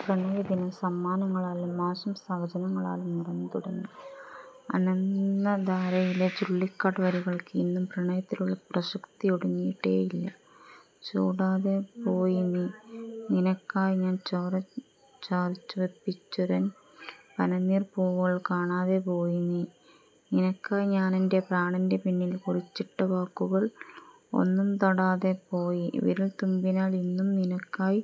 പ്രണയദിനം സമ്മാനങ്ങളാലും ആശംസാ വചനങ്ങളാലും നിറഞ്ഞു തുടങ്ങി. ആനന്ദധാരയിലെ ചുള്ളിക്കാട് വരികൾക്ക് ഇന്നും പ്രണയത്തിലുള്ള പ്രസക്തിയൊടുങ്ങിയിട്ടേയില്ല. '' ചൂടാതെ പോയ് നീ, നിനക്കായി ഞാൻ ചോര ചാറിച്ചുവപ്പിച്ചൊരെൻ പനിനീർ പൂവുകൾ കാണാതെ പോയ് നീ, നിനക്കായ് ഞാനെന്റെ പ്രാണന്റെ പിന്നിൽ കുറിച്ചിട്ട വാക്കുകൾ ഒന്നു തൊടാതെ പോയി വിരൽതുമ്പിനാൽ ഇന്നും നിനക്കായ്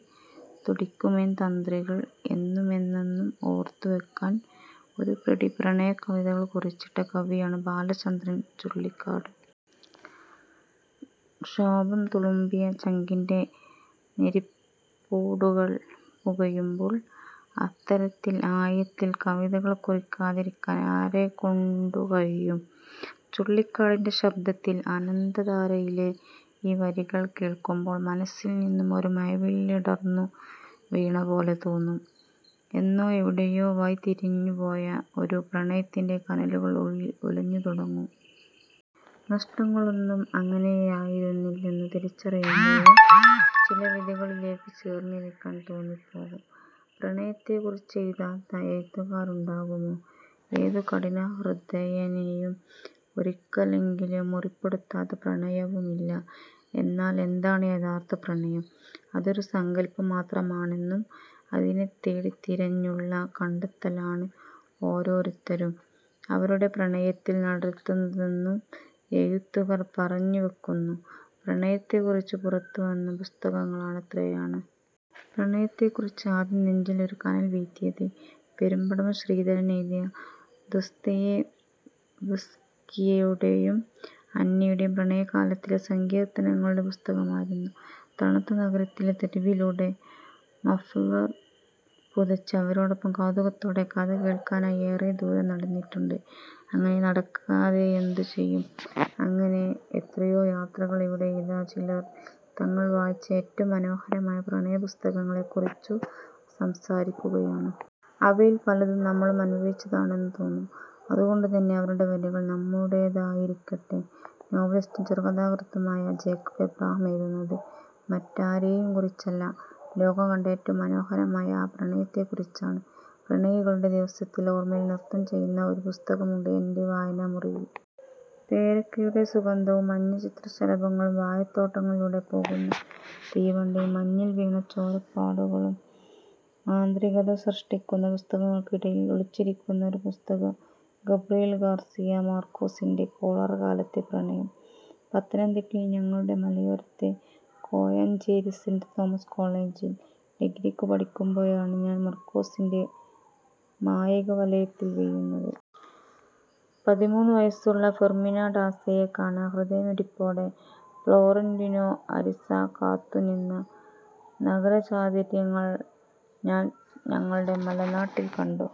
തുടിക്കുമെൻ തന്ത്രികൾ '' എന്നുമെന്നെന്നും ഓർത്തു വയ്ക്കാൻ ഒരുപിടി പ്രണയകവിതകൾ കുറിച്ചിട്ട കവിയാണ് ബാലചന്ദ്രൻ ചുള്ളിക്കാട്. ക്ഷോഭം തുളുമ്പിയ ചങ്കിന്റെ നെരിപ്പോടുകൾ പുകയുമ്പോൾ അത്തരത്തിൽ ആഴത്തിൽ കവിതകൾ കുറിക്കാതിരിക്കാൻ ആരെക്കൊണ്ടു കഴിയും? ചുള്ളിക്കാടിന്റെ ശബ്ദത്തിൽ ആനന്ദധാരയിലെ ഈ വരികൾ കേൾക്കുമ്പോൾ മനസ്സിൽനിന്ന് ഒരു മഴവില്ലടർന്നു വീണപോലെ തോന്നും. എന്നോ എവിടെയോ വഴി തിരിഞ്ഞു പോയ ഒരു പ്രണയത്തിന്റെ കനലുകൾ ഉള്ളിൽ ഉലഞ്ഞു തുടങ്ങും. നഷ്ടങ്ങളൊന്നും അങ്ങനെയായിരുന്നില്ലെന്നു തിരിച്ചറിയുമ്പോഴും ചില വിധികളിലേക്ക് ചേർന്നിരിക്കാൻ തോന്നിപ്പോകും. പ്രണയത്തെക്കുറിച്ചെഴുതാത്ത എഴുത്തുകാരുണ്ടാകുമോ? ഏതു കഠിനഹൃദയനെയും ഒരിക്കലെങ്കിലും മുറിപ്പെടുത്താത്ത പ്രണയവുമില്ല. എന്നാൽ എന്താണ് യഥാർഥ പ്രണയം? അതൊരു സങ്കൽപം മാത്രമാണെന്നും അതിനെ തേടി തിരഞ്ഞുള്ള കണ്ടെത്തലാണ് ഓരോരുത്തരും അവരുടെ പ്രണയത്തിൽ നടത്തുന്നതെന്നും എഴുത്തുകാർ പറഞ്ഞു വയ്ക്കുന്നു. പ്രണയത്തെക്കുറിച്ച് പുറത്തു വന്ന പുസ്തകങ്ങളെത്രയാണ്! പ്രണയത്തെക്കുറിച്ച് ആദ്യം നെഞ്ചിൽ ഒരു കനൽ വീഴ്ത്തിയത് പെരുമ്പടവം ശ്രീധരൻ എഴുതിയ ദസ്തയേവ്സ്കിയുടെയും അന്നയുടെയും പ്രണയകാലത്തിലെ സങ്കീർത്തനങ്ങളുടെ പുസ്തകമായിരുന്നു. തണുത്ത നഗരത്തിലെ തെരുവിലൂടെ മഫ്ളർ പുതച്ച് അവരോടൊപ്പം കൗതുകത്തോടെ കഥ കേൾക്കാനായി ഏറെ ദൂരം നടന്നിട്ടുണ്ട്. അങ്ങനെ നടക്കാതെയെന്തു ചെയ്യും? അങ്ങനെ എത്രയോ യാത്രകൾ ഇവിടെ ഇതാ ചിലർ, തങ്ങൾ വായിച്ച ഏറ്റവും മനോഹരമായ പ്രണയപുസ്തകങ്ങളെക്കുറിച്ചു സംസാരിക്കുകയാണ്. അവയിൽ പലതും നമ്മളും അനുഭവിച്ചതാണെന്നു തോന്നും. അതുകൊണ്ടുതന്നെ അവരുടെ വരികൾ നമ്മുടേതായിരിക്കട്ടെ! ∙ നോവലിസ്റ്റും ചെറുകഥാകൃത്തുമായ ജേക്കബ് എബ്രഹാം എഴുതുന്നത് മറ്റാരെയും കുറിച്ചല്ല, ലോകം കണ്ട ഏറ്റവും മനോഹരമായ ആ പ്രണയത്തെക്കുറിച്ചാണ്. ' പ്രണയികളുടെ ദിവസത്തിൽ, ഓർമയിൽ നൃത്തം ചെയ്യുന്ന ഒരു പുസ്തകമുണ്ട് എന്റെ വായനാമുറിയിൽ. പേരയ്ക്കയുടെ സുഗന്ധവും മഞ്ഞ ചിത്രശലഭങ്ങളും വാഴത്തോട്ടങ്ങളിലൂടെ പോകുന്ന തീവണ്ടിയും മഞ്ഞിൽ വീണ ചോരപ്പാടുകളും മാന്ത്രികത സൃഷ്ടിക്കുന്ന, പുസ്തകങ്ങൾക്കിടയിൽ ഒളിച്ചിരിക്കുന്ന ഒരു പുസ്തകം. ഗബ്രിയേൽ ഗാർസിയ മാർകേസിന്റെ കോളറ കാലത്തെ പ്രണയം. പത്തനംതിട്ടയിൽ ഞങ്ങളുടെ മലയോരത്തെ കോഴഞ്ചേരി സെന്റ് തോമസ് കോളജിൽ ഡിഗ്രിയ്ക്കു പഠിയ്ക്കുമ്പോഴാണ് ഞാൻ മാർകേസിന്റെ മായിക വലയത്തിൽ വീഴുന്നത്. പതിമൂന്ന് വയസ്സുള്ള ഫെർമിന ഡാസയെ കാണാൻ ഹൃദയമിടിപ്പോടെ ഫ്ലോറന്റിനോ അരിസ കാത്തു നിന്ന നഗരചത്വരങ്ങൾ ഞാൻ ഞങ്ങളുടെ മലനാട്ടിൽ കണ്ടു.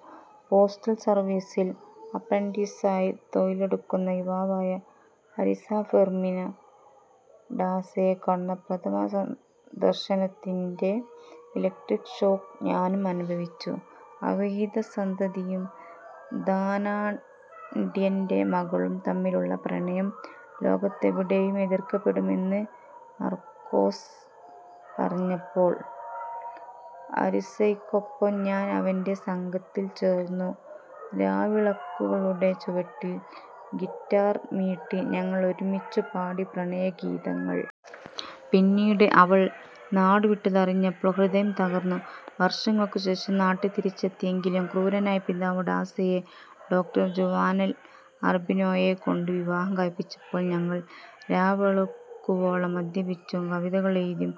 പോസ്റ്റൽ സർവീസിൽ അപ്രന്റീസായി തൊഴിലെടുക്കുന്ന യുവാവായ അരിസ ഫെർമിന ഡാസയെ കാണുന്ന പ്രഥമ ദർശനത്തിന്റെ ഇലക്ട്രിക് ഷോക്ക് ഞാനും അനുഭവിച്ചു. അവിഹിത സന്തതിയും ധനാഢ്യന്റെ മകളും തമ്മിലുള്ള പ്രണയം ലോകത്തെവിടെയും എതിർക്കപ്പെടുമെന്ന് മാർകേസ് പറഞ്ഞപ്പോൾ അരിസയ്ക്കൊപ്പം ഞാൻ അവന്റെ സംഘത്തിൽ ചേർന്നു രാവിളക്കുകളുടെ ചുവട്ടിൽ ഗിറ്റാർ മീട്ടി ഞങ്ങൾ ഒരുമിച്ചു പാടി പ്രണയഗീതകങ്ങൾ. പിന്നീട് അവൾ നാടുവിട്ടതറിഞ്ഞപ്പോൾ ഹൃദയം തകർന്നു. വർഷങ്ങൾക്കു ശേഷം നാട്ടിൽ തിരിച്ചെത്തിയെങ്കിലും ക്രൂരനായ പിതാവ് ഡാസയെ ഡോ. ജുവനാൽ അർബിനോയെക്കൊണ്ട് വിവാഹം കഴിപ്പിച്ചപ്പോൾ ഞങ്ങൾ രാവെളുക്കുവോളം മദ്യപിച്ചു. കവിതകൾ എഴുതി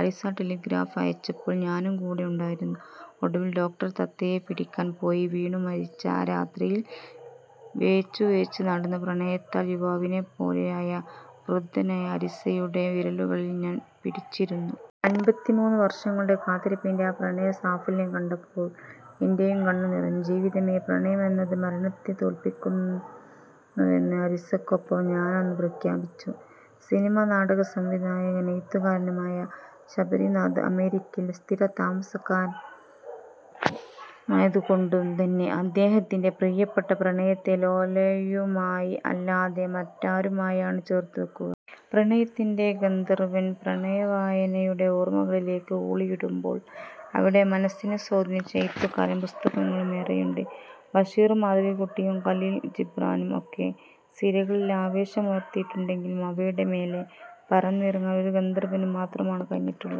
അരിസ ടെലിഗ്രാഫ് അയച്ചപ്പോൾ ഞാനും കൂടെയുണ്ടായിരുന്നു. ഒടുവിൽ ഡോക്ടർ തത്തയെ പിടിക്കാൻ പോയി വീണു മരിച്ച ആ രാത്രിയിൽ വേച്ചു വേച്ചു നടന്ന് പ്രണയത്താൽ യുവാവിനെപ്പോലെയായ വൃദ്ധനായ അരിസയുടെ വിരലുകളിൽ ഞാൻ പിടിച്ചിരുന്നു. അൻപത്തിമൂന്ന് വർഷങ്ങളുടെ കാത്തിരിപ്പിന്റെ ആ പ്രണയ സാഫല്യം കണ്ടപ്പോൾ എന്റെയും കണ്ണു നിറഞ്ഞു ജീവിതമേ പ്രണയമെന്നത് മരണത്തെ തോൽപ്പിക്കുന്നുവെന്ന് അരിസയ്ക്കൊപ്പം ഞാനന്ന് പ്രഖ്യാപിച്ചു '.∙ സിനിമ- നാടക സംവിധായകനും എഴുത്തുകാരനുമായ ശബരിനാഥ് അമേരിക്കയിൽ സ്ഥിര താമസമായതുകൊണ്ടു തന്നെ അദ്ദേഹത്തിന്റെ പ്രിയപ്പെട്ട പ്രണയത്തെ ലോലയുമായി അല്ലാതെ മറ്റാരുമായാണ് ചേർത്ത് വയ്ക്കുക? ' പ്രണയത്തിന്റെ ഗന്ധർവൻ പ്രണയവായനയുടെ ഓർമകളിലേക്ക് ഊളിയിടുമ്പോൾ അവിടെ മനസ്സിനെ സ്വാധീനിച്ച എഴുത്തുകാരും പുസ്തകങ്ങളും ഏറെയുണ്ട്. ബഷീറും മാധവിക്കുട്ടിയും ഖലീൽ ജിബ്രാനും ഒക്കെ സിരകളിൽ ആവേശമുണർത്തിയിട്ടുണ്ടെങ്കിലും അവയുടെ മേലേ പറന്നിറങ്ങാൻ ഒരു ഗന്ധർവനു മാത്രമാണ് കഴിഞ്ഞിട്ടുള്ളത്.